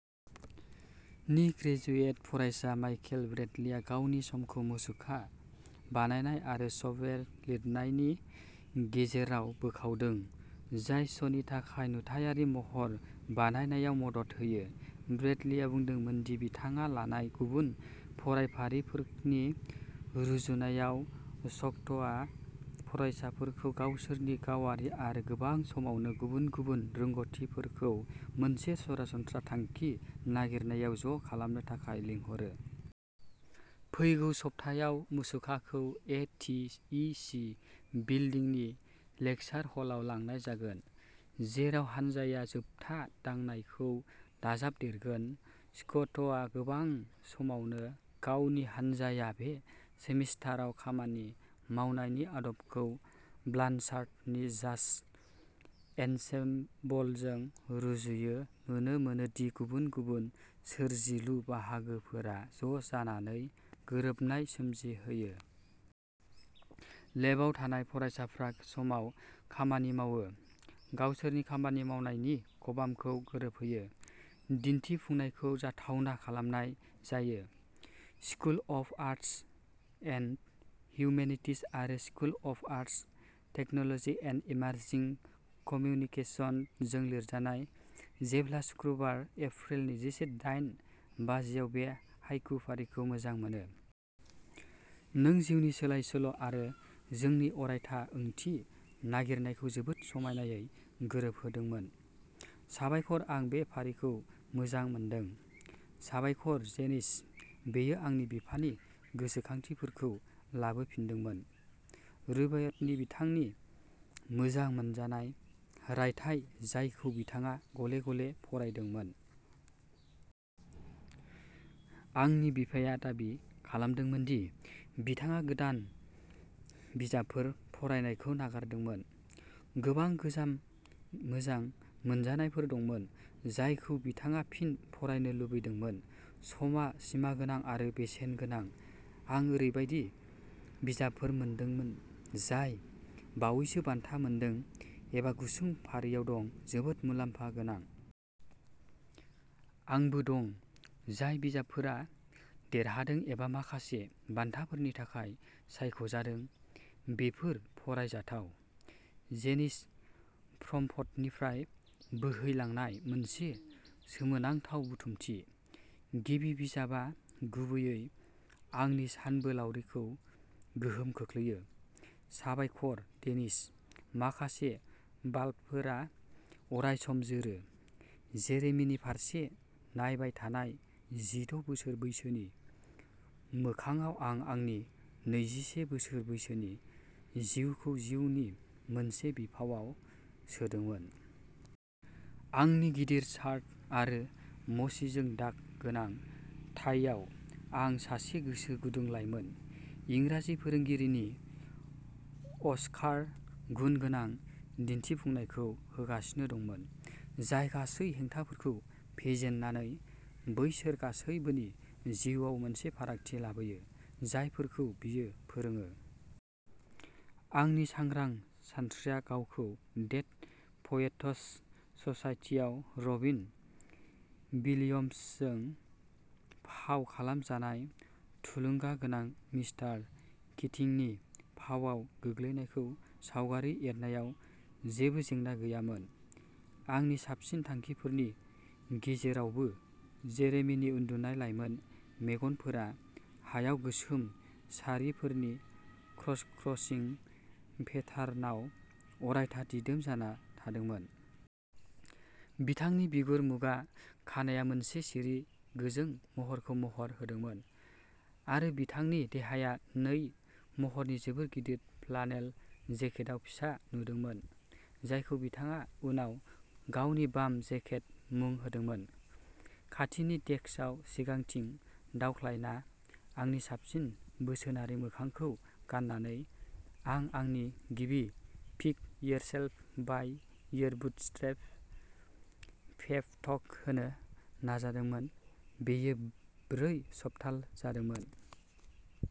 नि ग्रेजुवेट फरायसा माइकेल ब्रेडलिआ गावनि समखौ मुसुखा बानायनाय आरो सफ्टवेयार लिरनायनि गेजेराव बोखावदों, जाय श'नि थाखाय नुथायारि महर बानायनायाव मदद होयो। ब्रेडलिआ बुंदोंमोन दि बिथाङा लानाय गुबुन फरायफारिफोरनि रुजुनायाव, सक्ट'आ फरायसाफोरखौ गावसोरनि गावारि आरो गोबां समावनो गुबुन-गुबुन रोंग'थिफोरखौ मोनसे सरासनस्रा थांखि नागिरनायाव ज'खालामनो थाखाय लिंहरो। फैगौ सप्तायाव, मुसुखाखौ ए. टि. इ. सि. बिल्दिंनि लेकसार हलाव लांनाय जागोन, जेराव हानजाया जोबथा दांनायखौ दाजाबदेरगोन। स्क'टआ गोबां समावनो गावनि हानजाया बे सेमिस्टाराव खामानि मावनायनि आदबखौ ब्लानचार्डनि जाज एन्सेम्बलजों रुजुयो नुनो मोनोदि गुबुन गुबुन सोरजिलु बाहागोफोरा ज'जानानै गोरोबनाय सोमजिहोयो। लेबआव थानाय फरायसाफ्रा समाव खामानि मावो, गावसोरनि खामानि मावनायनि खबामखौ गोरोबहोयो। दिन्थिफुंनायखौ जाथावना खालामनाय जायो। School of arts and humanities आरो school of arts, technology, and emerging communication जों लिरजानाय। जेब्ला सुक्रुबार, एप्रिल नैजिसे दाइन बाजिआव बे हाइकु फारिखौ मोजां मोनो। नों जिउनि सोलायसोल' आरो जोंनि अरायथा ओंथि नागिरनायखौ जोबोद समायनायै गोरोबहोदोंमोन। साबायखर आं बे फारिखौ मोजां मोनदों। साबायखर जेनिस। बेयो आंनि बिफानि गोसोखांथिफोरखौ लाबोफिनदोंमोन, रुबायतनि बिथांनि मोजां मोनजानाय रायथाइ, जायखौ बिथाङा गले-गले फरायदोंमोन। आंनि बिफाया दाबि खालामदोंमोन दि बिथाङा गोदान बिजाबफोर फरायनायखौ नागारदोंमोन। गोबां गोजाम मोजां मोनजानायफोर दंमोन जायखौ बिथाङा फिन फरायनो लुबैदोंमोन। समआ सिमागोनां आरो बेसेनगोनां आं ओरैबायदि बिजाबफोर मोनदोंमोन जाय बावैसो बान्था मोनदों एबा गुसुं फारियाव दं जोबोद मुलाम्फा गोनां। आंबो दं जाय बिजाबफोरा देरहादों एबा माखासे बान्थाफोरनि थाखाय सायख'जादों बेफोर फरायजाथाव। जेनिस प्रम्पटनिफ्राय बोहैलांनाय मोनसे सोमोनांथाव बुथुमथि। गिबि बिजाबआ गुबैयै आंनि सानबोलावरिखौ गोहोम खोख्लैयो। साबायखर डेनिस माखासे बाल्बफोरा अरायसम जोरो। जेरेमीनि फारसे नायबाय थानाय जिद’ बोसोर बैसोनि मोखांआव आं आंनि नैजिसे बोसोर बैसोनि जिउखौ जिउनि मोनसे बिफावआव सोदोंमोन। आंनि गिदिर शार्ट आरो मसिजों दाग गोनां टाइआव, आं सासे गोसो गुदुं लाइमोन इंराजि फोरोंगिरिनि अस्कार गुन गोनां दिन्थिफुंनायखौ होगासिनो दंमोन जाय गासै हेंथाफोरखौ फेजेननानै बैसोर गासैबोनि जिउआव मोनसे फारागथि लाबोयो जायफोरखौ बियो फोरोङो। आंनि सांग्रां सानस्रिया गावखौ डेड पएट्स ससाइटिआव रबिन विलियम्सजों फाव खालामजानाय थुलुंगागोनां मिस्टार किटिंनि फावआव गोग्लैनायखौ सावगारि एरनायाव जेबो जेंना गैयामोन। आंनि साबसिन थांखिफोरनि गेजेरावबो, जेरेमिनि उन्दुनाय लाइमोन मेगनफोरा हायाव गोसोम सारिफोरनि क्रसक्रसिं पेटार्नाव अरायथा दिदोम जाना थादोंमोन। बिथांनि बिगुर, मुगा खानाया मोनसे सिरि, गोजों महरखौ महर होदोंमोन, आरो बिथांनि देहाया नै महरनि जोबोद गिदिर फ्लानेल जेकेटआव फिसा नुदोंमोन जायखौ बिथाङा उनाव गावनि "बाम जेकेट" मुं होदोंमोन। खाथिनि डेक्सआव सिगांथिं दावख्लायना आंनि साबसिन बोसोनारि मोखांखौ गाननानै आं आंनि गिबि "पिक-योरसेल्फ-बाय-योर-बुटस्ट्रैप्स" पेप टक होनो नाजादोंमोन बेयो ब्रै सप्ताल' जादोंमोन।